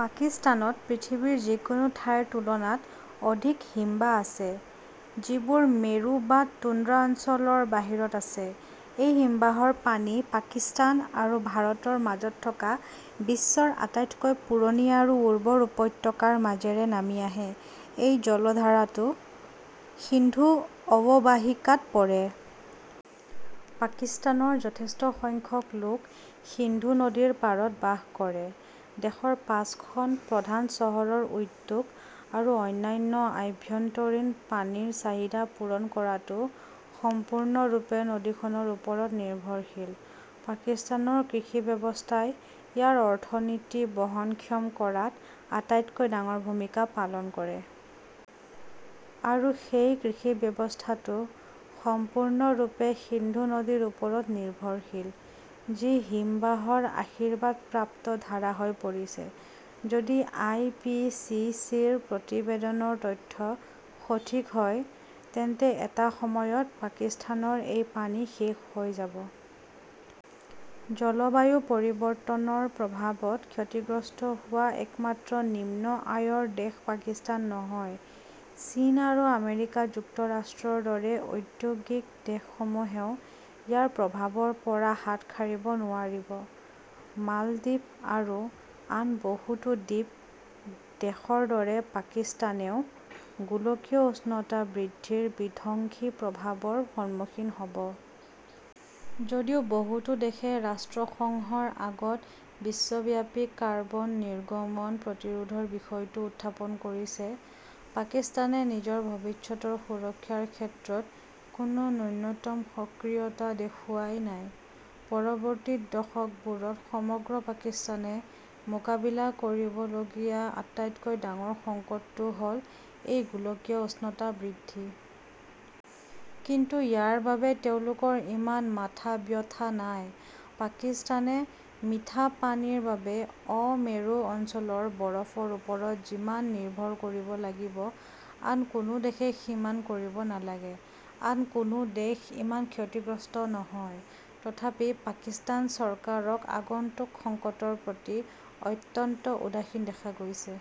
পাকিস্তানত পৃথিৱীৰ যিকোনো ঠাইৰ তুলনাত অধিক হিমবাহ আছে, যিবোৰ মেৰু বা টুন্দ্ৰা অঞ্চলৰ বাহিৰত আছে। এই হিমবাহৰ পানী পাকিস্তান আৰু ভাৰতৰ মাজত থকা বিশ্বৰ আটাইতকৈ পুৰণি আৰু উৰ্বৰ উপত্যকাৰ মাজেৰে নামি আহে। এই জলধাৰাটো সিন্ধু অৱবাহিকাত পৰে। পাকিস্তানৰ যথেষ্ট সংখ্যক লোক সিন্ধু নদীৰ পাৰত বাস কৰে। দেশৰ পাঁচখন প্ৰধান চহৰৰ উদ্যোগ আৰু অন্যান্য আভ্যন্তৰীণ পানীৰ চাহিদা পূৰণ কৰাটো সম্পূৰ্ণৰূপে নদীখনৰ ওপৰত নিৰ্ভৰশীল। পাকিস্তানৰ কৃষি ব্যৱস্থাই ইয়াৰ অৰ্থনীতি বহনক্ষম কৰাত আটাইতকৈ ডাঙৰ ভূমিকা পালন কৰে। আৰু সেই কৃষি ব্যৱস্থাটো সম্পূৰ্ণৰূপে সিন্ধু নদীৰ ওপৰত নিৰ্ভৰশীল, যি হিমবাহৰ আশীৰ্বাদপ্ৰাপ্ত ধাৰা হৈ পৰিছে। যদি আই. পি. চি. চি. -ৰ প্ৰতিবেদনৰ তথ্য সঠিক হয় তেন্তে এটা সময়ত পাকিস্তানৰ এই পানী শেষ হৈ যাব। জলবায়ু পৰিৱৰ্তনৰ প্ৰভাৱত ক্ষতিগ্ৰস্ত হোৱা একমাত্ৰ নিম্ন আয়ৰ দেশ পাকিস্তান নহয়। চীন আৰু আমেৰিকা যুক্তৰাষ্ট্ৰৰ দৰে ঔদ্যোগিক দেশসমূহেও ইয়াৰ প্ৰভাৱৰ পৰা হাত সাৰিব নোৱাৰিব। মালদ্বীপ আৰু আন বহুতো দ্বীপ দেশৰ দৰে পাকিস্তানেও গোলকীয় উষ্ণতা বৃদ্ধিৰ বিধ্বংসী প্ৰভাৱৰ সন্মুখীন হ'ব। যদিও বহুতো দেশে ৰাষ্ট্ৰসংঘৰ আগত বিশ্বব্যাপী কাৰ্বন নিৰ্গমন প্ৰতিৰোধৰ বিষয়টো উত্থাপন কৰিছে, পাকিস্তানে নিজৰ ভৱিষ্যতৰ সুৰক্ষাৰ ক্ষেত্ৰত কোনো ন্যূনতম সক্ৰিয়তা দেখুৱাই নাই। পৰৱৰ্তী দশকবোৰত সমগ্ৰ পাকিস্তানে মোকাবিলা কৰিবলগীয়া আটাইতকৈ ডাঙৰ সংকটটো হ'ল এই গোলকীয় উষ্ণতা বৃদ্ধি। কিন্তু ইয়াৰ বাবে তেওঁলোকৰ ইমান মাথাব্যথা নাই। পাকিস্তানে মিঠা পানীৰ বাবে অ-মেৰু অঞ্চলৰ বৰফৰ ওপৰত যিমান নিৰ্ভৰ কৰিব লাগিব, আন কোনো দেশে সিমান কৰিব নালাগে। আন কোনো দেশ ইমান ক্ষতিগ্ৰস্তও নহয় । তথাপি পাকিস্তান চৰকাৰক আগন্তুক সংকটৰ প্ৰতি অত্যন্ত উদাসীন দেখা গৈছে।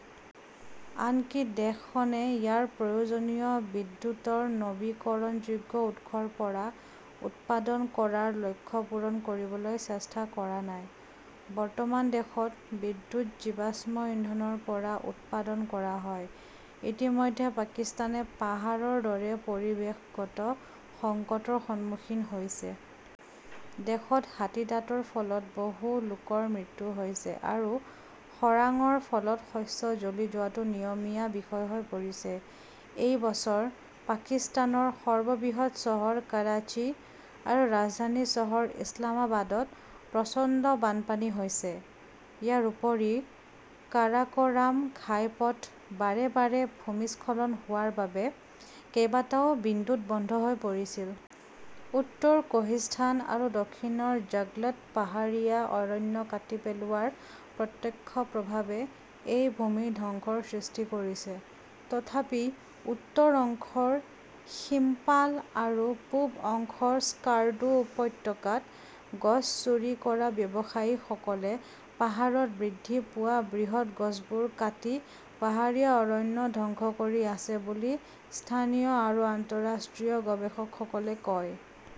আনকি দেশখনে ইয়াৰ প্ৰয়োজনীয় বিদ্যুতৰ নৱীকৰণযোগ্য উৎসৰ পৰা উৎপাদন কৰাৰ লক্ষ্য পূৰণ কৰিবলৈ চেষ্টা কৰা নাই। বৰ্তমান দেশত বিদ্যুৎ জীৱাশ্ম ইন্ধনৰ পৰা উৎপাদন কৰা হয়। ইতিমধ্যে পাকিস্তানে পাহাৰৰ দৰে পৰিৱেশগত সংকটৰ সন্মুখীন হৈছে । দেশত হাতীদাঁতৰ ফলত বহু লোকৰ মৃত্যু হৈছে আৰু খৰাংৰ ফলত শস্য জ্বলি যোৱাটো নিয়মীয়া বিষয় হৈ পৰিছে। এই বছৰ পাকিস্তানৰ সৰ্ববৃহৎ চহৰ কৰাচী আৰু ৰাজধানী চহৰ ইছলামাবাদত প্ৰচণ্ড বানপানী হৈছে। ইয়াৰ উপৰি কাৰাক'ৰাম ঘাইপথ বাৰে বাৰে ভূমিস্খলন হোৱাৰ বাবে কেইবাটাও বিন্দুত বন্ধ হৈ পৰিছিল। উত্তৰ কোহিস্তান আৰু দক্ষিণৰ জগলত পাহাৰীয়া অৰণ্য কাটি পেলোৱাৰ প্ৰত্যক্ষ প্ৰভাৱে এই ভূমি ধ্বংসৰ সৃষ্টি কৰিছে। তথাপি উত্তৰ অংশৰ শিম্পাল আৰু পূব অংশৰ স্কাৰ্ডু উপত্যকাত গছ চুৰি কৰা ব্যৱসায়ীসকলে পাহাৰত বৃদ্ধি পোৱা বৃহৎ গছবোৰ কাটি পাহাৰীয়া অৰণ্য ধ্বংস কৰি আছে বুলি স্থানীয় আৰু আন্তঃৰাষ্ট্ৰীয় গৱেষকসকলে কয় ।